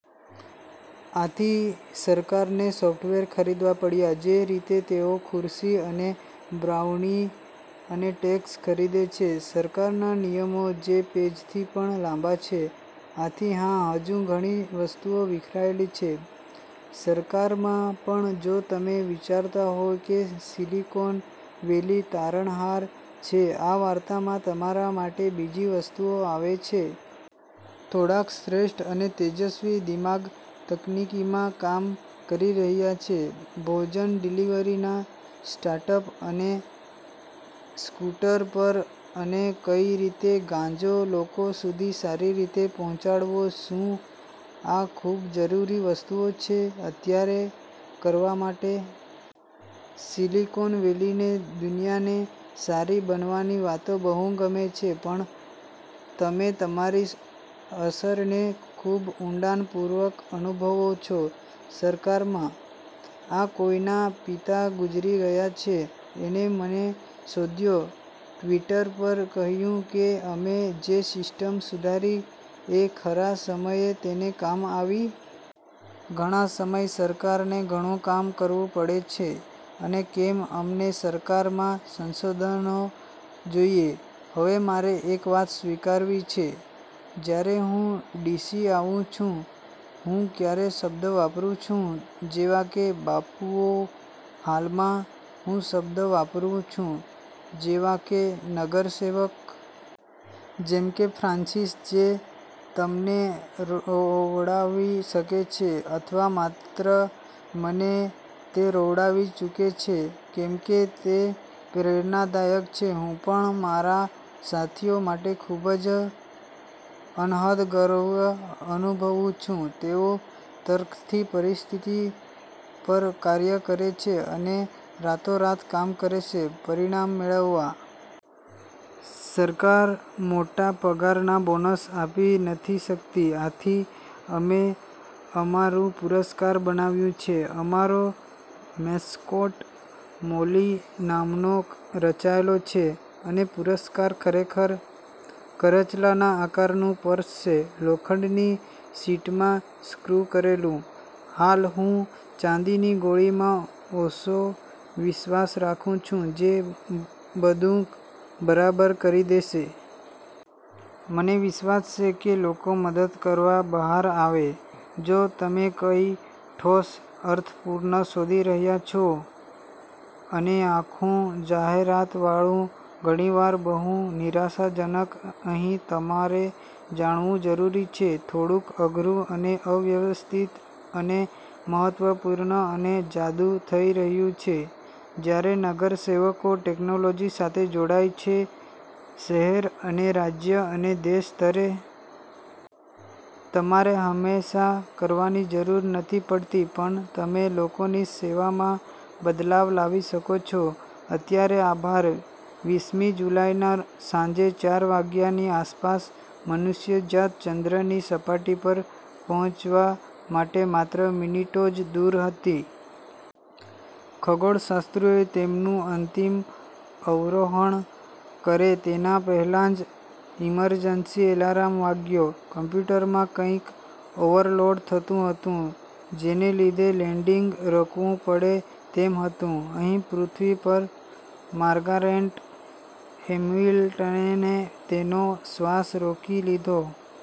આથી સરકારને સોફ્ટવેર ખરીદવા પડ્યા જે રીતે તેઓ ખુરશી અને બ્રાઉની અને ટેંકસ ખરીદે છે: સરકારના નિયમો જે પેજ થી પણ લાંબા છે. આથી હા, હજુ ઘણી વસ્તુઓ વિખરાયેલી છે સરકારમાં. પણ જો તમે વિચારતા હોય કે સીલીકોન વેલી તારણહાર છે આ વાર્તામાં, તમારા માટે બીજી વસ્તુ આવે છે. થોડાક શ્રેષ્ઠ અને તેજસ્વી દિમાગ તકનીકીમાં કામ કરી રહ્યા છે ભોજન-ડિલિવરીના સ્ટાર્ટઅપ અને સ્કુટર પર. અને કઈ રીતે ગાંજો લોકો સુધી સારી રીતે પહોચાડવો શું આ ખુબ જરૂરી વસ્તુઓ છે અત્યારે કરવા માટે? સીલીકોન વેલીને દુનિયાને સારી બનવાની વાતો બહુ ગમે છે પણ તમે તમારી અસરને ખુબ ઊંડાણ પૂર્વક અનુભવો છો સરકારમાં. આ કોઈ ના પિતા ગુજરી ગયા છે. એને મને શોધ્યો ટ્વીટર પર કહ્યું કે અમે જે સીસ્ટમ સુધારી એ ખરા સમયે તેને કામ આવી. ઘણા સમય, સરકારને ઘણું કામ કરવું પડે છે અને કેમ અમને સરકારમાં સંશોધનો જોઈએ. હવે મારે એક વાત સ્વીકારવી છે. જયારે હું ડીસી આવું છું, હું ક્યારે શબ્દ વાપરું છું જેવા કે બાબુઓ હાલ માં, હું શબ્દો વાપરું છું જેવાકે નગર સેવક. જેમકે ફ્રાન્સીન, જે તમને રોવડાવી શકે છે. અથવા માત્ર મને, તે રોવડાવી ચુકી છે, કેમકે તે પ્રેરણાદાયક છે. હું પણ મારા સાથીઓ માટે ખુબ જ, અનહદ ગર્વ અનુભવું છું. તેઓ તર્કથી પરીસ્થિતિ પર કાર્ય કરે છે અને રાતોરાત કામ કરે છે પરિણામ મેળવવા. સરકાર મોટા પગાર ના બોનસ આપી નથી સકતી, આથી અમે અમારૂ પુરસ્કાર બનાવ્યું છે. અમારો મેસ્કોટ મોલી નામનો કરચલો છે. અને પુરસ્કાર ખરેખર કરચલાના આકારનું પર્સ છે, લોખંડની શીટ માં સ્ક્રુ કરેલું. હાલ, હું ચાંદીની ગોળીમાં ઓસો વિશ્વાસ રાખું છું જે બધું બરાબર કરી દેશે. મને વિશ્વાસ છે કે લોકો મદદ કરવા બહાર આવે. જો તમે કઈ ઠોસ અર્થપૂર્ણ શોધી રહ્યા છો -- અને આખું જાહેરાતવાળું, ઘણીવાર બહુ નિરાશાજનક-- અહી તમારે જાણવું જરૂરી છે. થોડુક અઘરું અને અવ્યવસ્થિત અને મહત્વપૂર્ણ અને જાદુઈ થઇ રહ્યું છે જયારે નગર સેવકો ટેકનોલોજી સાથે જોડાઈ છે શહેર અને રાજ્ય અને દેશ સ્તરે. તમારે હમેશા કરવાની જરૂર નથી પડતી. પણ તમે લોકોની સેવામાં બદલાવ લાવી શકો છો અત્યારે. આભાર. વીસ મી જુલાઈ ના સાંજે ચાર વાગ્યાની આસપાસ મનુષ્યજાત ચંદ્રની સપાટી પર પહોંચવા માટે માત્ર મિનિટો જ દૂર હતી। ખગોળશાસ્ત્રીઓએ તેમનું અંતિમ અવરોહણ કરે તેના પહેલા જ ઇમરજન્સી એલારામ વાગ્યો. કોમ્પ્યુટરમાં કઈંક ઓવરલોડ થતું હતું, જેને લીધે લેન્ડિંગ રોકવું પડે તેમ હતું. અહીં પૃથ્વી પર, માર્ગારેટ હેમિલ્ટને તેનો શ્વાસ રોકી લીધો.